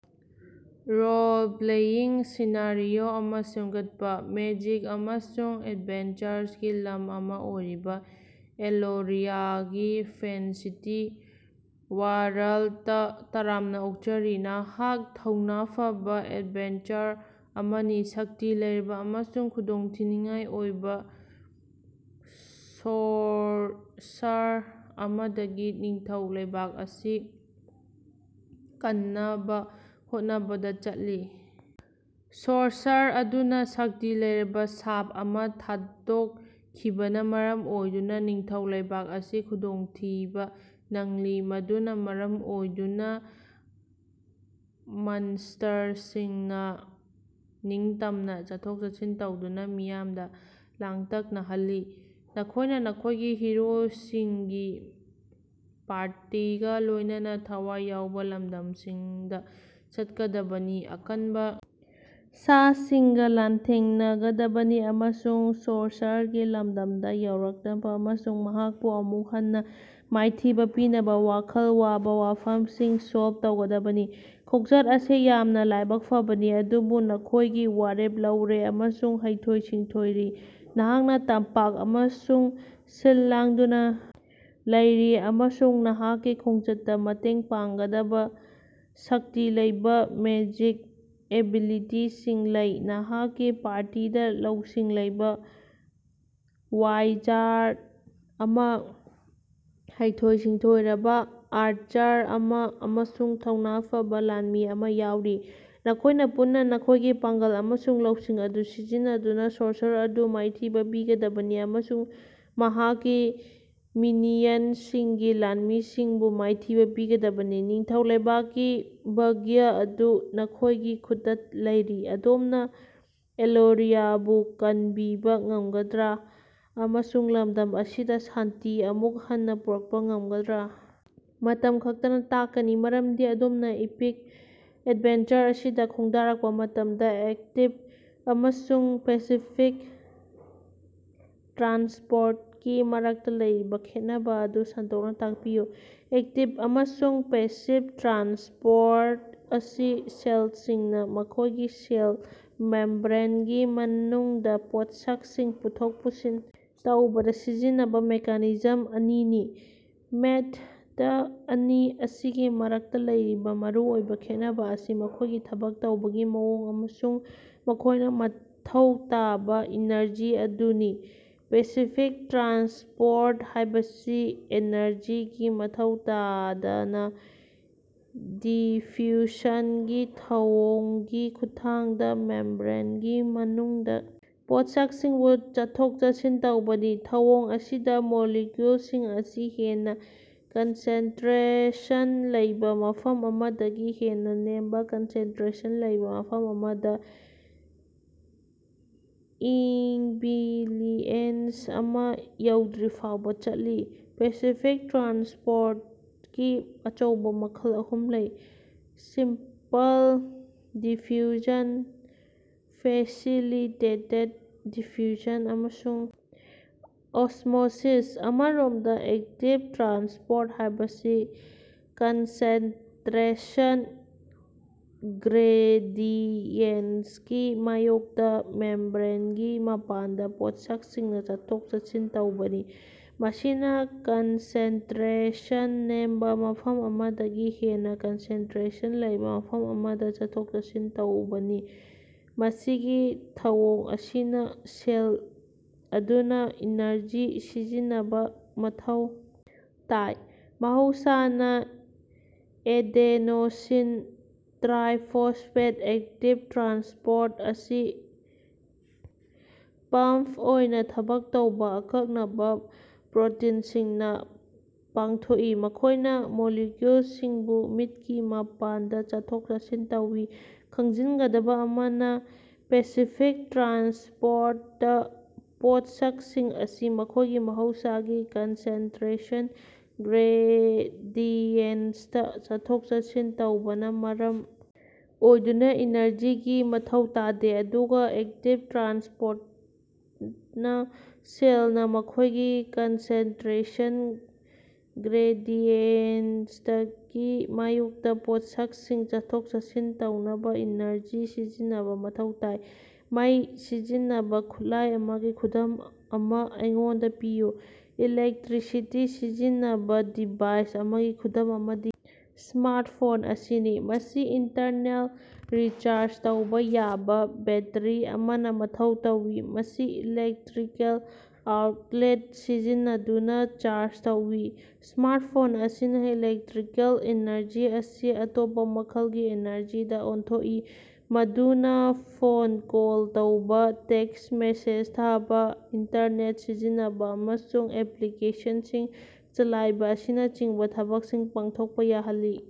Role-playing scenario ꯑꯃꯥ ꯁꯦꯝꯒꯠꯄꯥ꯫ Magic ꯑꯃꯁꯨꯡ ꯑꯦꯗꯚꯦꯟꯆꯔꯒꯤ ꯂꯝ ꯑꯃꯥ ꯑꯣꯏꯔꯤꯕꯥ ꯑꯦꯂꯣꯔꯤꯌꯥꯒꯤ ꯐꯦꯟꯁꯤꯇꯤ ꯋꯥꯔꯜꯗꯇꯥ ꯇꯔꯥꯝꯅꯥ ꯑꯣꯛꯆꯔꯤ꯫ ꯅꯍꯥꯛ ꯊꯧꯅꯥ ꯐꯕꯥ ꯑꯦꯗꯚꯦꯟꯆꯔ ꯑꯃꯅꯤ, ꯁꯛꯇꯤ ꯂꯩꯔꯕꯥ ꯑꯃꯁꯨꯡ ꯈꯨꯗꯣꯡꯊꯤꯅꯤꯡꯉꯥꯏ ꯑꯣꯏꯕꯥ ꯁꯣꯔꯁꯔ ꯑꯃꯗꯒꯤ ꯅꯤꯡꯊꯧ ꯂꯩꯕꯥꯛ ꯑꯁꯤ ꯀꯟꯅꯕꯥ ꯍꯣꯠꯅꯕꯗꯥ ꯆꯠꯂꯤ꯫ ꯁꯣꯔꯁꯔ ꯑꯗꯨꯅꯥ ꯁꯛꯇꯤ ꯂꯩꯔꯕꯥ ꯁꯥꯞ ꯑꯃꯥ ꯊꯥꯗꯣꯛꯈꯤꯕꯅ ꯃꯔꯝ ꯑꯣꯏꯗꯨꯅ ꯅꯤꯡꯊꯧ ꯂꯩꯕꯥꯛ ꯑꯁꯤ ꯈꯨꯗꯣꯡꯊꯤꯕꯥ ꯅꯪꯂꯤ, ꯃꯗꯨꯅ ꯃꯔꯝ ꯑꯣꯏꯗꯨꯅꯥ ꯃꯟꯁ꯭ꯇꯔꯁꯤꯡꯅ ꯅꯤꯡꯇꯝꯅ ꯆꯠꯊꯣꯛ-ꯆꯠꯁꯤꯟ ꯇꯧꯗꯨꯅ ꯃꯤꯌꯥꯝꯗꯥ ꯂꯥꯡꯇꯛꯅꯍꯜꯂꯤ꯫ ꯅꯈꯣꯏꯅ ꯅꯈꯣꯏꯒꯤ ꯍꯤꯔꯣꯁꯤꯡꯒꯤ ꯄꯥꯔꯇꯤꯒ ꯂꯣꯏꯅꯅꯥ ꯊꯋꯥꯏ ꯌꯥꯎꯕ ꯂꯝꯗꯝꯁꯤꯡꯗꯥ ꯆꯠꯀꯗꯕꯅꯤ, ꯑꯀꯟꯕ ꯁꯥ-ꯁꯟꯁꯤꯡꯒ ꯂꯥꯟꯊꯦꯡꯅꯒꯗꯕꯅꯤ ꯑꯃꯁꯨꯡ ꯁꯣꯔꯁꯔꯒꯤ ꯂꯝꯗꯝꯗ ꯌꯧꯔꯛꯅꯕ ꯑꯃꯁꯨꯡ ꯃꯍꯥꯛꯄꯨ ꯑꯃꯨꯛ ꯍꯟꯅꯥ ꯃꯥꯏꯊꯤꯕꯥ ꯄꯤꯅꯕ ꯋꯥꯈꯜ ꯋꯥꯕ ꯋꯥꯐꯝꯁꯤꯡ ꯁꯣꯜꯕ ꯇꯧꯒꯗꯕꯅꯤ꯫ ꯈꯣꯡꯆꯠ ꯑꯁꯤ ꯌꯥꯝꯅ ꯂꯥꯏꯕꯛ ꯐꯕꯅꯤ, ꯑꯗꯨꯕꯨ ꯅꯈꯣꯏꯗꯤ ꯋꯥꯔꯦꯞ ꯂꯧꯔꯦ ꯑꯃꯁꯨꯡ ꯍꯩꯊꯣꯏ-ꯁꯤꯡꯊꯣꯏꯔꯤ꯫ ꯅꯍꯥꯛꯅ ꯇꯝꯄꯥꯛ ꯑꯃꯁꯨꯡ ꯁꯤꯜ ꯂꯥꯡꯗꯨꯅ ꯂꯩꯔꯤ, ꯑꯃꯁꯨꯡ ꯅꯍꯥꯛꯀꯤ ꯈꯣꯡꯆꯠꯇꯥ ꯃꯇꯦꯡ ꯄꯥꯡꯒꯗꯕ ꯁꯛꯇꯤ ꯂꯩꯕ ꯃꯦꯖꯤꯛ ꯑꯦꯕꯤꯂꯤꯇꯤꯁꯤꯡ ꯂꯩ꯫ ꯅꯍꯥꯛꯀꯤ ꯄꯥꯔꯇꯤꯗ ꯂꯧꯁꯤꯡ ꯂꯩꯕ ꯋꯥꯏꯖꯥꯔꯗ ꯑꯃꯥ, ꯍꯩꯊꯣꯏ-ꯁꯤꯡꯊꯣꯏꯔꯕ ꯑꯥꯔꯆꯔ ꯑꯃꯥ ꯑꯃꯁꯨꯡ ꯊꯧꯅꯥ ꯐꯕꯥ ꯂꯥꯟꯃꯤ ꯑꯃꯥ ꯌꯥꯎꯔꯤ꯫ ꯅꯈꯣꯏꯅ ꯄꯨꯟꯅꯥ ꯅꯈꯣꯏꯒꯤ ꯄꯥꯡꯒꯜ ꯑꯃꯁꯨꯡ ꯂꯧꯁꯤꯡ ꯑꯗꯨ ꯁꯤꯖꯤꯟꯅꯗꯨꯅ ꯁꯣꯔꯁꯔ ꯑꯗꯨꯕꯨ ꯃꯥꯏꯊꯤꯕ ꯄꯤꯒꯗꯕꯅꯤ ꯑꯃꯁꯨꯡ ꯃꯍꯥꯛꯀꯤ ꯃꯤꯅꯤꯌꯟꯁꯤꯡꯒꯤ ꯂꯥꯟꯃꯤꯁꯤꯡꯕꯨ ꯃꯥꯏꯊꯤꯕ ꯄꯤꯒꯗꯕꯅꯤ꯫ ꯅꯤꯡꯊꯧ ꯂꯩꯕꯥꯛꯀꯤ ꯚꯥꯒ꯭ꯌ ꯑꯗꯨ ꯅꯈꯣꯏꯒꯤ ꯈꯨꯠꯇꯥ ꯂꯩꯔꯤ꯫ ꯑꯗꯣꯝꯅ ꯑꯦꯂꯣꯔꯤꯌꯥꯕꯨ ꯀꯟꯕꯤꯕꯥ ꯉꯝꯒꯗ꯭ꯔꯥ ꯑꯃꯁꯨꯡ ꯂꯝꯗꯝ ꯑꯁꯤꯗ ꯁꯥꯟꯇꯤ ꯑꯃꯨꯛ ꯍꯟꯅꯥ ꯄꯨꯔꯛꯄꯥ ꯉꯝꯒꯗ꯭ꯔꯥ? ꯃꯇꯝ ꯈꯛꯇꯅꯥ ꯇꯥꯛꯀꯅꯤ, ꯃꯔꯝꯗꯤ ꯑꯗꯣꯝꯅꯥ ꯏꯄꯤꯛ ꯑꯦꯗꯚꯦꯟꯆꯔ ꯑꯁꯤꯗꯥ ꯈꯣꯡꯗꯥꯔꯛꯄꯥ ꯃꯇꯝꯗꯥ꯫ ꯑꯦꯛꯇꯤꯕ ꯑꯃꯁꯨꯡ ꯄꯦꯁꯤꯐꯤꯛ ꯇ꯭ꯔꯥꯟꯁꯄꯣꯔꯇꯀꯤ ꯃꯔꯛꯇꯥ ꯂꯩꯔꯤꯕꯥ ꯈꯦꯠꯅꯕꯥ ꯑꯗꯨ ꯁꯟꯗꯣꯛꯅꯥ ꯇꯥꯛꯄꯤꯌꯨ꯫ ꯑꯦꯛꯇꯤꯕ ꯑꯃꯁꯨꯡ ꯄꯦꯁꯤꯕ ꯇ꯭ꯔꯥꯟꯁꯄꯣꯔꯠ ꯑꯁꯤ ꯁꯦꯜꯁꯤꯡꯅꯥ ꯃꯈꯣꯏꯒꯤ ꯁꯦꯜ ꯃꯦꯝꯕ꯭ꯔꯦꯟꯒꯤ ꯃꯅꯨꯡꯗ ꯄꯣꯠꯁꯛꯁꯤꯡ ꯄꯨꯊꯣꯛ ꯄꯨꯁꯤꯟ ꯇꯧꯕꯗ ꯁꯤꯖꯤꯟꯅꯕ ꯃꯦꯀꯥꯅꯤꯖꯝ ꯑꯅꯤꯅꯤ꯫ ꯃꯦꯊꯗ ꯑꯅꯤ ꯑꯁꯤꯒꯤ ꯃꯔꯛꯇꯥ ꯂꯩꯔꯤꯕꯥ ꯃꯔꯨꯑꯣꯏꯕ ꯈꯦꯠꯅꯕ ꯑꯁꯤ ꯃꯈꯣꯏꯒꯤ ꯊꯕꯛ ꯇꯧꯕꯒꯤ ꯃꯑꯣꯡ ꯑꯃꯁꯨꯡ ꯃꯈꯣꯏꯅꯥ ꯃꯊꯧ ꯇꯥꯕꯥ ꯏꯅꯔꯖꯤ ꯑꯗꯨꯅꯤ꯫ ꯄꯦꯁꯤꯐꯤꯛ ꯇ꯭ꯔꯥꯟꯁꯄꯣꯔꯠ ꯍꯥꯏꯕꯁꯤ ꯑꯦꯅꯔꯖꯤꯒꯤ ꯃꯊꯧ ꯇꯥꯗꯅ, ꯗꯤꯐ꯭ꯌꯨꯁꯟꯒꯤ ꯊꯧꯑꯣꯡꯒꯤ ꯈꯨꯠꯊꯥꯡꯗ ꯃꯦꯝꯕ꯭ꯔꯦꯟꯒꯤ ꯃꯅꯨꯡꯗ ꯄꯣꯠꯁꯛꯁꯤꯡꯕꯨ ꯆꯠꯊꯣꯛ-ꯆꯠꯁꯤꯟ ꯇꯧꯕꯅꯤ꯫ ꯊꯧꯑꯣꯡ ꯑꯁꯤꯗꯥ ꯃꯣꯂꯤꯀꯌꯨꯜꯁꯤꯡ ꯑꯁꯤ ꯍꯦꯟꯅ ꯀꯟꯁꯦꯟꯇꯔꯦꯁꯟ ꯂꯩꯕꯥ ꯃꯐꯝ ꯑꯃꯗꯒꯤ ꯍꯦꯟꯅꯥ ꯅꯦꯝꯕꯥ ꯀꯟꯁꯦꯟꯇꯔꯦꯁꯟ ꯂꯩꯕꯥ ꯃꯐꯝ ꯑꯃꯗꯥ ꯏꯛꯕꯤꯂꯤꯑꯦꯟꯁ ꯑꯃꯥ ꯌꯧꯗ꯭ꯔꯤꯐꯥꯎꯕꯥ ꯆꯠꯂꯤ꯫ ꯄꯦꯁꯤꯐꯤꯛ ꯇ꯭ꯔꯥꯟꯁꯄꯣꯔꯇꯀꯤ ꯑꯆꯧꯕꯥ ꯃꯈꯜ ꯑꯍꯨꯝ ꯂꯩ: ꯁꯤꯝꯄꯜ ꯗꯤꯐ꯭ꯌꯨꯁꯟ, ꯐꯦꯁꯤꯂꯤꯇꯦꯇꯦꯗ ꯗꯤꯐ꯭ꯌꯨꯁꯟ ꯑꯃꯁꯨꯡ ꯑꯣꯁꯃꯣꯁꯤꯁ꯫ ꯑꯃꯔꯣꯝꯗ, ꯑꯦꯛꯇꯤꯕ ꯇ꯭ꯔꯥꯟꯁꯄꯣꯔꯠ ꯍꯥꯏꯕꯁꯤ ꯀꯟꯁꯦꯟꯇꯔꯦꯁꯟ ꯒ꯭ꯔꯦꯗꯤꯌꯦꯟꯇꯀꯤ ꯃꯥꯌꯣꯛꯇꯥ ꯃꯦꯝꯕ꯭ꯔꯦꯟꯒꯤ ꯃꯄꯥꯟꯗ ꯄꯣꯠꯁꯛꯁꯤꯡꯅꯥ ꯆꯠꯊꯣꯛ-ꯆꯠꯁꯤꯟ ꯇꯧꯕꯅꯤ, ꯃꯁꯤꯅꯥ ꯀꯟꯁꯦꯟꯇꯔꯦꯁꯟ ꯅꯦꯝꯕ ꯃꯐꯝ ꯑꯃꯗꯒꯤ ꯍꯦꯟꯅ ꯀꯟꯁꯦꯟꯇꯔꯦꯁꯟ ꯂꯩꯕꯥ ꯃꯐꯝ ꯑꯃꯗꯥ ꯆꯠꯊꯣꯛ-ꯆꯠꯁꯤꯟ ꯇꯧꯕꯅꯤ꯫ ꯃꯁꯤꯒꯤ ꯊꯧꯑꯣꯡ ꯑꯁꯤꯅꯥ ꯁꯦꯜ ꯑꯗꯨꯅꯥ ꯏꯅꯔꯖꯤ ꯁꯤꯖꯤꯟꯅꯕꯥ ꯃꯊꯧ ꯇꯥꯏ, ꯃꯍꯧꯁꯥꯅꯥ ꯑꯦꯗ‌ꯦꯅ‌ꯣꯁꯤꯟ ꯇꯔꯥꯏꯐ‌ꯣꯁꯐ‌ꯦꯠ ꯑꯦꯛꯇꯤꯕ ꯇ꯭ꯔꯥꯟꯁꯄꯣꯔꯠ ꯑꯁꯤ ꯄꯝꯞ ꯑꯣꯏꯅ ꯊꯕꯛ ꯇꯧꯕ ꯑꯀꯛꯅꯕ ꯄ꯭ꯔꯣꯇꯤꯟꯁꯤꯡꯅ ꯄꯥꯡꯊꯣꯛꯏ, ꯃꯈꯣꯏꯅ ꯃꯣꯂꯤꯀ꯭ꯌꯨꯜꯁꯤꯡꯕꯨ ꯃꯤꯠꯀꯤ ꯃꯄꯥꯟꯗ ꯆꯠꯊꯣꯛ-ꯆꯠꯁꯤꯟ ꯇꯧꯏ꯫ ꯈꯪꯖꯤꯟꯒꯗꯕꯥ ꯑꯃꯅꯥ, ꯄꯦꯁꯤꯐꯤꯛ ꯇ꯭ꯔꯥꯟꯁꯄꯣꯔꯇꯇꯥ ꯄꯣꯠꯁꯛꯁꯤꯡ ꯑꯁꯤ ꯃꯈꯣꯏꯒꯤ ꯃꯍꯧꯁꯥꯒꯤ ꯀꯟꯁꯦꯟꯇꯔꯦꯁꯟ ꯒ꯭ꯔꯦꯗꯤꯌꯦꯟꯇꯇꯥ ꯆꯠꯊꯣꯛ-ꯆꯠꯁꯤꯟ ꯇꯧꯕꯅꯥ ꯃꯔꯝ ꯑꯣꯏꯗꯨꯅꯥ ꯏꯅꯔꯖꯤꯒꯤ ꯃꯊꯧ ꯇꯥꯗꯦ, ꯑꯗꯨꯒꯥ ꯑꯦꯛꯇꯤꯕ ꯇ꯭ꯔꯥꯟꯁꯄꯣꯔꯇꯅꯥ ꯁꯦꯜꯅꯥ ꯃꯈꯣꯏꯒꯤ ꯀꯟꯁꯦꯟꯇꯔꯦꯁꯟ ꯒ꯭ꯔꯦꯗꯤꯌꯦꯟꯇꯀꯤ ꯃꯥꯌꯣꯛꯇꯥ ꯄꯣꯠꯁꯛꯁꯤꯡ ꯆꯠꯊꯣꯛ-ꯆꯠꯁꯤꯟ ꯇꯧꯅꯕꯥ ꯏꯅꯔꯖꯤ ꯁꯤꯖꯤꯟꯅꯕ ꯃꯊꯧ ꯇꯥꯏ꯫ ꯃꯩ ꯁꯤꯖꯤꯟꯅꯕꯥ ꯈꯨꯠꯂꯥꯏ ꯑꯃꯒꯤ ꯈꯨꯗꯝ ꯑꯃꯥ ꯑꯩꯉꯣꯟꯗꯥ ꯄꯤꯌꯨ꯫ ꯏꯂꯦꯛꯇꯔꯤꯁꯤꯇꯤ ꯁꯤꯖꯤꯟꯅꯕ ꯗꯤꯚꯥꯏꯁ ꯑꯃꯒꯤ ꯈꯨꯗꯝ ꯑꯃꯗꯤ ꯁ꯭ꯃꯥꯔꯠꯐꯣꯟ ꯑꯁꯤꯅꯤ꯫ ꯃꯁꯤ ꯏꯟꯇꯔꯅꯦꯜ ꯔꯤꯆꯥꯔꯖ ꯇꯧꯕ ꯌꯥꯕꯥ ꯕꯦꯠꯇꯔꯤ ꯑꯃꯅ ꯃꯊꯧ ꯇꯧꯏ, ꯃꯁꯤ ꯏꯂꯦꯛꯇꯔꯤꯀꯦꯜ ꯑꯥꯎꯠꯂꯦꯠ ꯁꯤꯖꯤꯟꯅꯗꯨꯅ ꯆꯥꯔꯖ ꯇꯧꯏ꯫ ꯁ꯭ꯃꯥꯔꯠꯐꯣꯟ ꯑꯁꯤꯅꯥ ꯏꯂꯦꯛꯇꯔꯤꯀꯦꯜ ꯑꯦꯅꯔꯖꯤ ꯑꯁꯤ ꯑꯇꯣꯞꯄ ꯃꯈꯜꯒꯤ ꯑꯦꯅꯔꯖꯤꯗ ꯑꯣꯟꯊꯣꯛꯏ ꯃꯗꯨꯅ ꯐꯣꯟ ꯀꯣꯜ ꯇꯧꯕꯥ, ꯇꯦꯛꯁ ꯃꯦꯁꯦꯖ ꯊꯥꯕꯥ, ꯏꯟꯇꯔꯅꯦꯠ ꯁꯤꯖꯤꯟꯅꯕꯥ, ꯑꯃꯁꯨꯡ ꯑꯦꯄꯂꯤꯀꯦꯁꯟꯁꯤꯡ ꯆꯂꯥꯏꯕ ꯑꯁꯤꯅꯆꯤꯡꯕ ꯊꯕꯛꯁꯤꯡ ꯄꯥꯡꯊꯣꯛꯄꯥ ꯌꯥꯍꯜꯂꯤ꯫।